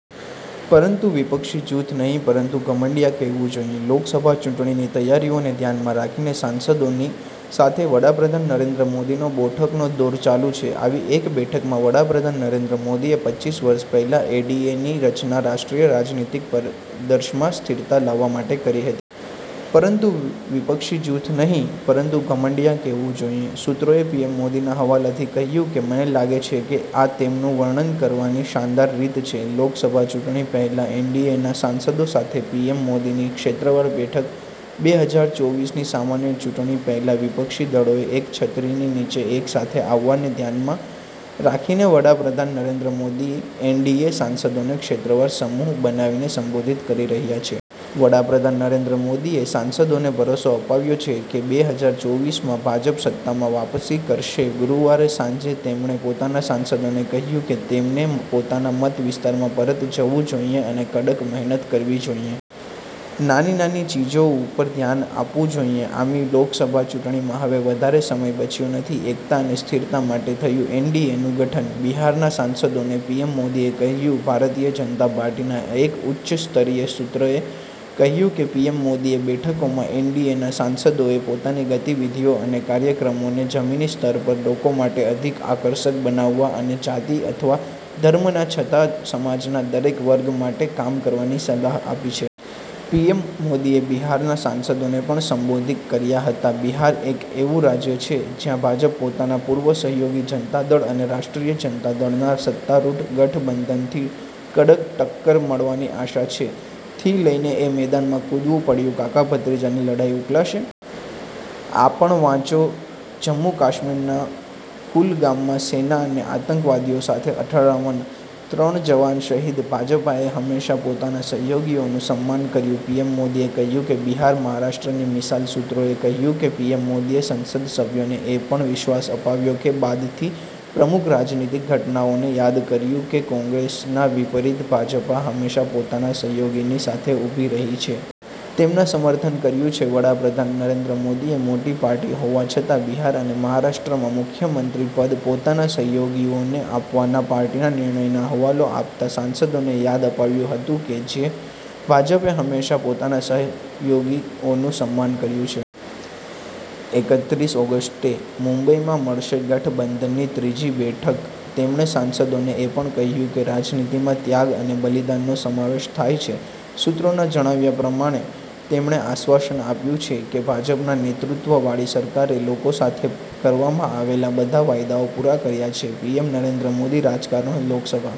પરંતુ વિપક્ષી જૂથ નહીં પરંતુ ઘમંડિયા કહેવું જોઇએ. લોકસભા ચૂંટણીની તૈયારીઓને ધ્યાનમાં રાખીને સાંસદોની સાથે વડાપ્રધાન નરેન્દ્ર મોદીનો બોઠકનો દોર ચાલું છે. આવી એક બેઠકમાં વડાપ્રધાન નરેન્દ્ર મોદીએ પચીસ વર્ષ પહેલા એડીએ ની રચના રાષ્ટ્રીય રાજનીતિક પરિદર્શમાં સ્થિરતા લાવવા માટે કરી હતી. પરંતુ વિપક્ષી જૂથ નહીં પરંતુ ઘમંડિયા કહેવું જોઇએ. સૂત્રોએ પીએમ મોદીના હવાલાથી કહ્યું કે મને લાગે છે કે આ તેમનું વર્ણન કરવાની શાનદાર રીત છે. લોકસભા ચૂંટણી પહેલા એનડીએના સાંસદો સાથે પીએમ મોદીની ક્ષેત્રવાર બેઠક બે હજાર ચોવીસ ની સામાન્ય ચૂંટણી પહેલા વિપક્ષી દળોએ એક છતરીની નીચે એક સાથે આવવાને ધ્યાનમાં રાખીને વડાપ્રધાન નરેન્દ્ર મોદી એનડીએ સાંસદોને ક્ષેત્રવાર સમૂહ બનાવીને સંબોધિત કરી રહ્યા છે. વડાપ્રધાન નરેન્દ્ર મોદીએ સાંસદોને ભરોસો અપાવ્યો છે કે બે હજાર ચોવીસ માં ભાજપ સત્તામાં વાપસી કરશે. ગુરુવારે સાંજે તેમણે પોતાના સાંસદોને કહ્યું કે તેમને પોતાના મત વિસ્તારમાં પરત જવું જોઇએ અને કડક મહેનત કરવી જોઈએ. નાની નાની ચીજો ઉપર ધ્યાન આપવું જોઈએ. આમી લોકસભા ચૂંટણીમાં હવે વધારે સમય બચ્યો નથી. એક્તા અને સ્થિરતા માટે થયું એનડીએનું ગઠન, બિહારના સાંસદોને પીએમ મોદીએ કહ્યું ભારતીય જનતા પાર્ટીના એક ઉચ્ચ સ્તરીય સૂત્રએ કહ્યું કે પીએમ મોદીએ બેઠકોમાં એનડીએના સાંસદોએ પોતાની ગતિવિધિઓ અને કાર્યક્રમોને જમીની સ્તર પર લોકો માટે અધિક આકર્ષક બનાવવા અને જાતિ અથવા ધર્મના છતાં સમાજના દરેક વર્ગ માટે કામ કરવાની સલાહ આપી છે. પીએમ મોદીએ બિહારના સાંસદોને પણ સંબોધિક કર્યા હતા. બિહાર એક એવું રાજ્ય છે જ્યાં ભાજપ પોતાના પૂર્વ સહયોગી જનતા દળ અને રાષ્ટ્રીય જનતા દળના સત્તારૂઢ ગઠબંધનથી કડક ટક્કર મળવાની આશા છે. થી લઈને એ મેદાનમાં કૂદવું પડ્યું કાકા-ભત્રીજાની લડાઈ ઉકેલાશે? આ પણ વાંચો જમ્મુ કાશ્મિરના કુલગામમાં સેના અને આતંકવાદીઓ સાથે અથડામણ, ત્રણ જવાન શહીદ ભાજપાએ હંમેશા પોતાના સહયોગીઓનું સમ્માન કર્યું, પીએમ મોદીએ કહ્યું કે બિહાર-મહારાષ્ટ્રની મિસાલ સૂત્રોએ કહ્યું કે પીએમ મોદીએ સંસદ સભ્યોને એ પણ વિશ્વાસ અપાવ્યો કે બાદથી પ્રમુખ રાજનીતિક ઘટનાઓને યાદ કર્યું કે કોંગ્રેસના વિપરીત ભાજપા હંમેશા પોતાના સહયોગીની સાથે ઊભી રહી છે. તેમના સમર્થન કર્યું છે. વડાપ્રધાન નરેન્દ્ર મોદીએ મોટી પાર્ટી હોવા છતાં બિહાર અને મહારાષ્ટ્રમાં મુખ્યમમંત્રી પદ પોતાના સહયોગીઓને આપવાના પાર્ટીના નિર્ણયના હવાલો આપતા સાંસદોને યાદ અપાવ્યું હતું કે ભાજપે હંમેશા પોતાના સહયોગીઓનું સમ્માન કર્યું છે. એકત્રીસ ઓગસ્ટે મુંબઈમાં મળશે ગઠબંધનની ત્રીજી બેઠક તેમણે સાંસદોને એ પણ કહ્યું કે રાજનીતિમાં ત્યાગ અને બલિદાનનો સમાવેશ થાય છે. સૂત્રોના જણાવ્યા પ્રમાણે તેમણે આશ્વાસન આપ્યું છે કે ભાજપના નેતૃત્વવાળી સરકારે લોકો સાથે કરવામાં આવેલા બધા વાયદાઓ પુરા કર્યા છે. પીએમ નરેન્દ્ર મોદી રાજકારણ લોકસભા